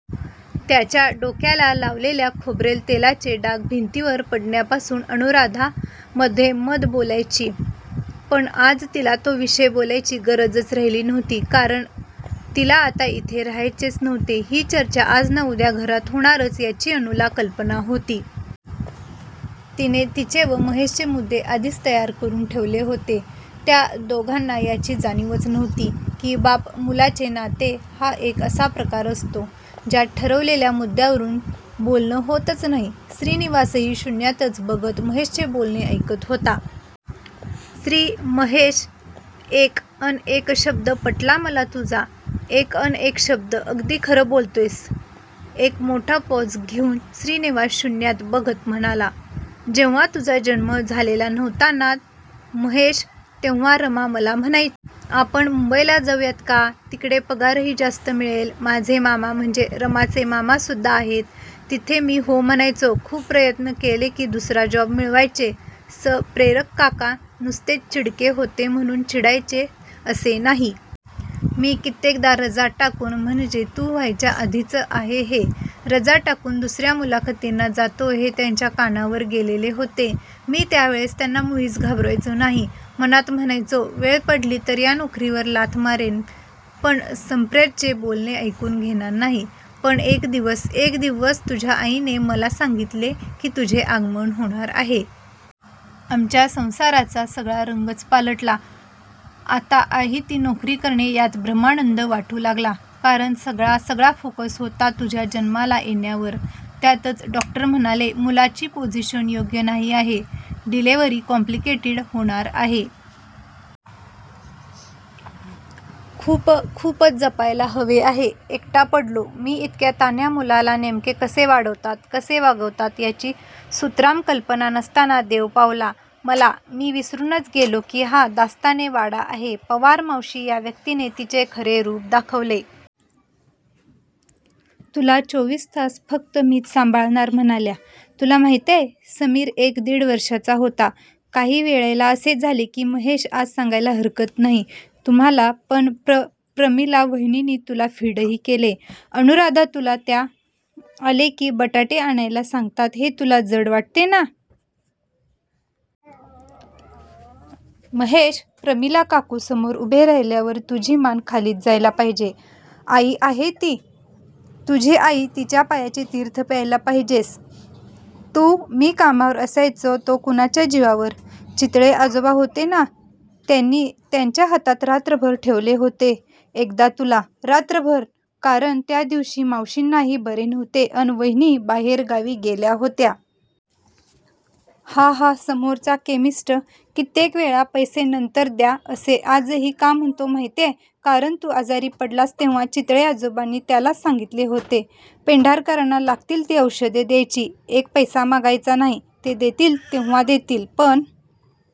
त्याच्या डोक्याला लावलेल्या खोबरेल तेलाचे डाग भिंतीवर पडण्यावरून अनुराधा मधेमधे बोलायची! पण आज तिला तो विषय बोलण्याची गरजच राहिलेली नव्हती! कारण तिला आता इथे राहायचेच नव्हते. ही चर्चा आज ना उद्या घरात होणारच याची अनुला कल्पना होती. तिने तिचे व महेशचे मुद्दे आधीच तयार करून ठेवले होते. त्या दोघांना याची जाणीवच नव्हती, की बाप मुलाचे नाते हा एक असा प्रकार असतो. ज्यात ठरवलेल्या मुद्यांवरून बोलणे होतच नाही. श्रीनिवासही शुन्यातच बघत महेशचे बोलणे ऐकत होता. श्री महेश एक अन एक शब्द पटला मला तुझा एक अन एक शब्द! अगदी खरं बोलतोयस. एक मोठा पॉझ घेऊन श्रीनिवास शुन्यात बघत म्हणाला. जेव्हा तुझा जन्म झालेला नव्हता ना महेश तेव्हा रमा मला म्हणायची. आपण मुंबईला जाऊयात का? तिकडे पगारही जास्त मिळेल. माझे मामा, म्हणजे रमाचे मामा, सुद्धा आहेत तिथे मी हो म्हणायचो. खूप प्रयत्न केले मी दुसरा जॉब मिळवायचे. सप्रेकाका नुसतेच चिडके होते म्हणून चिडायचे असे नाही. मी कित्येकदा रजा टाकून म्हणजे तू व्हायच्या आधीचं आहे हे रजा टाकून दुसर्या मुलाखतींना जातो हे त्यांच्या कानावर गेलेले होते. मी त्यावेळेस त्यांना मुळीच घाबरायचो नाही. मनात म्हणायचो. वेळ पडली तर या नोकरीवर लाथ मारेन, पण सप्रेंचे बोलणे ऐकून घेणार नाही पण एक दिवस एक दिवस तुझ्या आईने मला सांगीतले, की तुझे आगमन होणार आहे. आमच्या संसाराचा सगळा रंगच पालटला. आता आहे ती नोकरी करणे यात ब्रह्मानंद वाटू लागला. कारण सगळा सगळा फोकस होता तुझ्या जन्माला येण्यावर त्यातच डॉक्टर म्हणाले. मूलाची पोझिशन योग्य नाही आहे... डिलीव्हरी कॉम्प्लिकेटेड होणार आहे. खूप खूपच जपायला हवे आहे. एकटा पडलो मी इतक्या तान्ह्या मुलाला नेमके कसे वाढवतात, कसे वागवतात याची सुतराम कल्पना नसताना देव पावला मला मी विसरूनच गेलो होतो की हा दास्ताने वाडा आहे. पवार मावशी या व्यक्तीने तिचे खरे रूप दाखवले. तुला चोवीस तास फक्त मीच सांभाळणार म्हणाल्या. तुला माहितीय? समीर एक दिड वर्षाचा होता. काही वेळा असे झाले महेश आज सांगायला हरकत नाही तुम्हाला पण प्र प्रमिला वहिनींनी तुला फीडही केले. अनुराधा तुला त्या आले किंवा बटाटे आणायला सांगतात हे तुला जड वाटते ना?? महेश प्रमिला काकू समोर उभे राहिल्यावर तुझी मान खालीच जायला पाहिजे. आई आहे ती तुझी आई तिच्या पायांचे तीर्थ प्यायला पाहिजेस तू मी कामावर असायचो तो कुणाच्या जीवावर? चितळे आजोबा होते ना? त्यांनी त्यांच्या हातात रात्रभर ठेवले होते एकदा तुला रात्रभर कारण त्या दिवशी मावशींनाही बरे नव्हते अन वहिनी बाहेरगावी गेलेल्या होत्या. हा हा समोरचा केमिस्ट कित्येकवेळा पैसे नंतर द्या असे आजही का म्हणतो माहितीय? कारण तू आजारी पडला होतास तेव्हा चितळे आजोबांनी त्याला सांगीतलेले होते. पेंढारकरांना लागतील ती औषधे द्यायची. एक पैसा मागायचा नाही. ते देतील तेव्हा देतील, पण